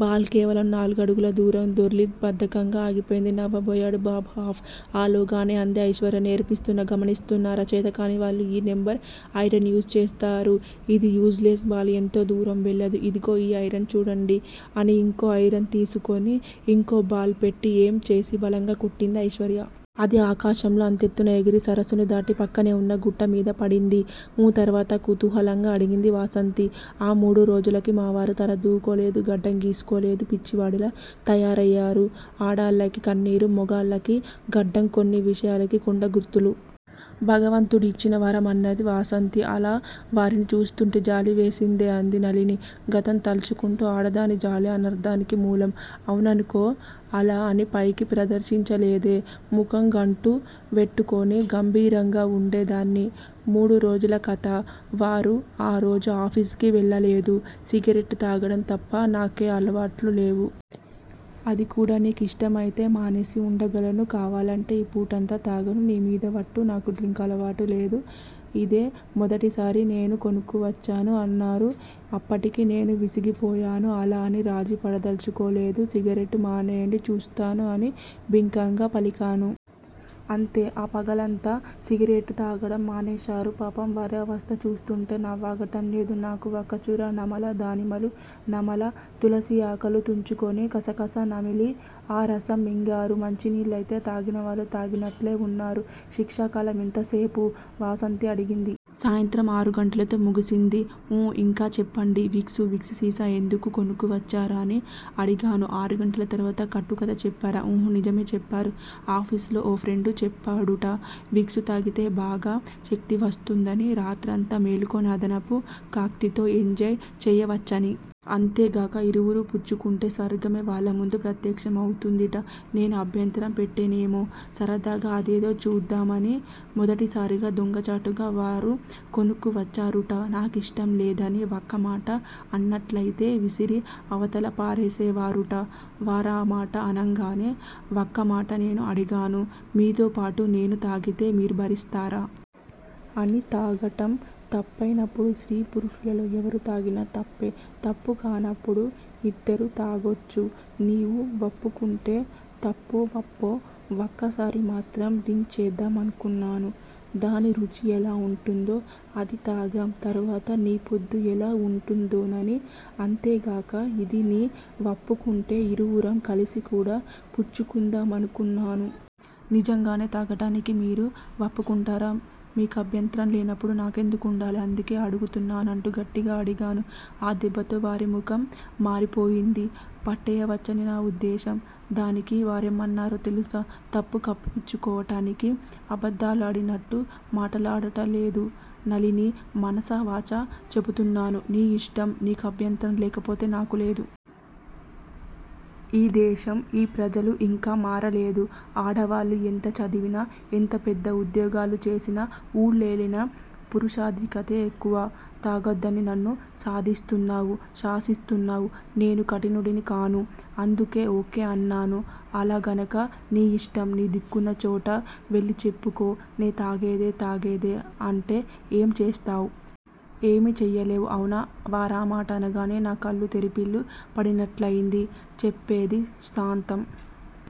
Ball కేవలం నాలుగు అడుగుల దూరం దొర్లి బద్ధకంగా ఆగిపోయింది. నవ్వబోయాడు బాబ్ హోప్. ఆలోగానే అంది ఐశ్వర్య. నేర్పిస్తున్నా గమనిస్తున్నారా చేతకాని వాళ్ళు ఈ నెంబర్ ఐరన్ యూస్ చేస్తారు. ఇది యూస్ లెస్. బాల్ ఎంతో దూరం వెళ్ళదు. ఇదిగో ఈ ఐరన్ చూడండి అని ఇంకో ఐరన్ తీసుకుని ఇంకో బాల్ పెట్టి ఎయిమ్ చేసి బలంగా కొట్టింది ఐశ్వర్య. అది ఆకాశంలో అంతెత్తున ఎగిరి సరస్సుని దాటి పక్కనే ఉన్న గుట్ట మీద పడింది. ఊ తర్వాత? కుతూహలంగా అడిగింది వాసంతి. ఆ మూడు రోజులకీ మావారు తల దువ్వుకోలేదు. గడ్డం గీసుకోలేదు. పిచ్చివాడిలా తయారయారు. ఆడాళ్ళకి కన్నీరు, మగాళ్ళకి గడ్డం కొన్ని విషయాలకి కొండ గుర్తులు. భగవంతుడు యిచ్చిన వరం అన్నది వాసంతి. అలా వారిని చూస్తుంటే జాలివేసిందే అంది నళిని గతం తలుచుకుంటూ! ఆడదాని జాలి అనర్దానికి మూలం. అవుననుకో. అలా అని పైకి ప్రదర్శించలేదులే. ముఖం గంటువెట్టుకుని గంభీరంగా వుండేదాన్ని. మూడురోజుల కధ. వారు ఆరోజు ఆఫీస్కి వెళ్ళలేదు. సిగరెట్ తాగటం తప్ప నాకే అలవాట్లూ లేవు. అదికూడా నీకు కష్టమైతే మానేసి వుండగలను. కావాలంటే ఈ పూటంతా తాగను. నీ మీద వట్టు. నాకు డ్రింక్ అలవాటు లేదు. ఇదే మొదటిసారి నేను కొనుక్కు వచ్చాను అన్నారు. అప్పటికి నేనూ విసిగిపోయాను, అలా అని రాజీపడదల్చుకోలేదు. సిగరెట్ మానేయండి చూస్తాను. అని బింకంగా పలికాను. అంతే ఆ పగలంతా సిగరెట్ తాగడం మానేశారు. పాపం వారి అవస్త చూస్తుంటే నవ్వాగటంలేదు నాకు. వక్కచూర నమల, ధనిమాలు నమల, తులసి ఆకులు తుంచుకొని కసకస నమిలి ఆ రసం మింగారు. మంచినీళ్ళు అయితే తాగిన వాళ్ళు తాగినట్లే వున్నారు. శిక్షాకాలం ఎంతసేపు! వాసంతి అడిగింది. సాయంత్రం ఆరుగంటలతో ముగిసింది. ఊ-యింక చెప్పండి. విస్కీ విస్కీ సీసా ఎందుకు కొనుక్కు వచ్చారు! అని అడిగాను ఆరుగంటల తర్వాత. కట్టుకధ చెప్పారా! ఉహూ, నిజమే చెప్పారు. ఆఫీసులో ఓ ఫ్రెండ్ చెప్పాడుట. విస్కీ తాగితే బాగా శక్తి వస్తుందని రాత్రంతా మేలుకొని అదనపు కక్తితో ఎంజాయ్ చేయవచ్చని. అంతేగాక యిరువురూ పుచ్చుకుంటే స్వర్గమే వాళ్ళముందు ప్రత్యక్షం అవుతుందిట. నేను అభ్యంతరం పెట్టనేమో సరదాగా అదేదో చూద్దామని మొదటిసారిగా దొంగచాటుగా వారు కొనుక్కు వచ్చారుట, నాకిష్టంలేదని వక్కమాట అన్నట్లయితే విసిరి అవతల పారేసేవారుట. వారామాట అనంగానే వక్కమాట నేను అడిగాను. మీతోపాటు నేను తాగితే మీరు భరిస్తారా! అని తాగటం తప్పయినప్పుడు స్త్రీ పురుషులలో ఎవరు తాగినా తప్పే. తప్పుకానప్పుడు యిద్దరూ తాగొచ్చు. నీవు వప్పుకుంటే తప్పోవప్పో వక్కసారి మాత్రం డ్రింక్ చేద్దామనుకున్నాను. దాని రుచి ఎలా వుంటుందో, అది తాగిం తరువాత నీపొందు ఎలా వుంటుందోనని అంతేగాక యిదీ నీ వప్పుకుంటే యిరువురం కలసికూడా పుచ్చుకుందామనుకున్నాను. నిజంగానే తాగటానికి మీరు వప్పుకుంటారా! మీకభ్యంతరం లేనప్పుడు నాకెందుకుండాలి. అందుకే అడుగుతున్నాను అంటూ గట్టిగా అడిగాను. ఆ దెబ్బతో వారి ముఖం మారిపోయింది. పట్టేయవచ్చని నా వుద్దేశ్యం. దానికి వారేమన్నారో తెలుసా? తప్పు కప్పిపుచ్చుకోటానికి అబద్ధాలాడినట్లు మాట్లాడటలేదు నళినీ! మనసా వాచా చెపుతున్నాను. నీ యిష్టం నీకు అభ్యంతరం లేకపోతే నాకూ లేదు. ఈ దేశం ఈ ప్రజలు ఇంకా మారలేదు. ఆడవాళ్ళు ఎంత చదివినా ఎంత పెద్ద ఉద్యోగాలు చేసినా ఊళ్లేలినా పురుషాధిక్యతే ఎక్కువ. తాగొద్దని నన్ను సాధిస్తున్నావు. శాసిస్తున్నావు. నేను కఠినుడినికాను. అందుకే ఓకే అన్నాను. అలాగాక నీయిష్టం, నీ దిక్కున్నచోట వెళ్ళి చెప్పుకో నేతాగేది తాగేదే అంటే ఏం చేస్తావ్? ఏమి చెయ్యలేవు అవునా! వారామాట అనగానే నా కళ్ళు తెరిపిళ్ళు పడినట్లయింది. చెప్పేది సాంతం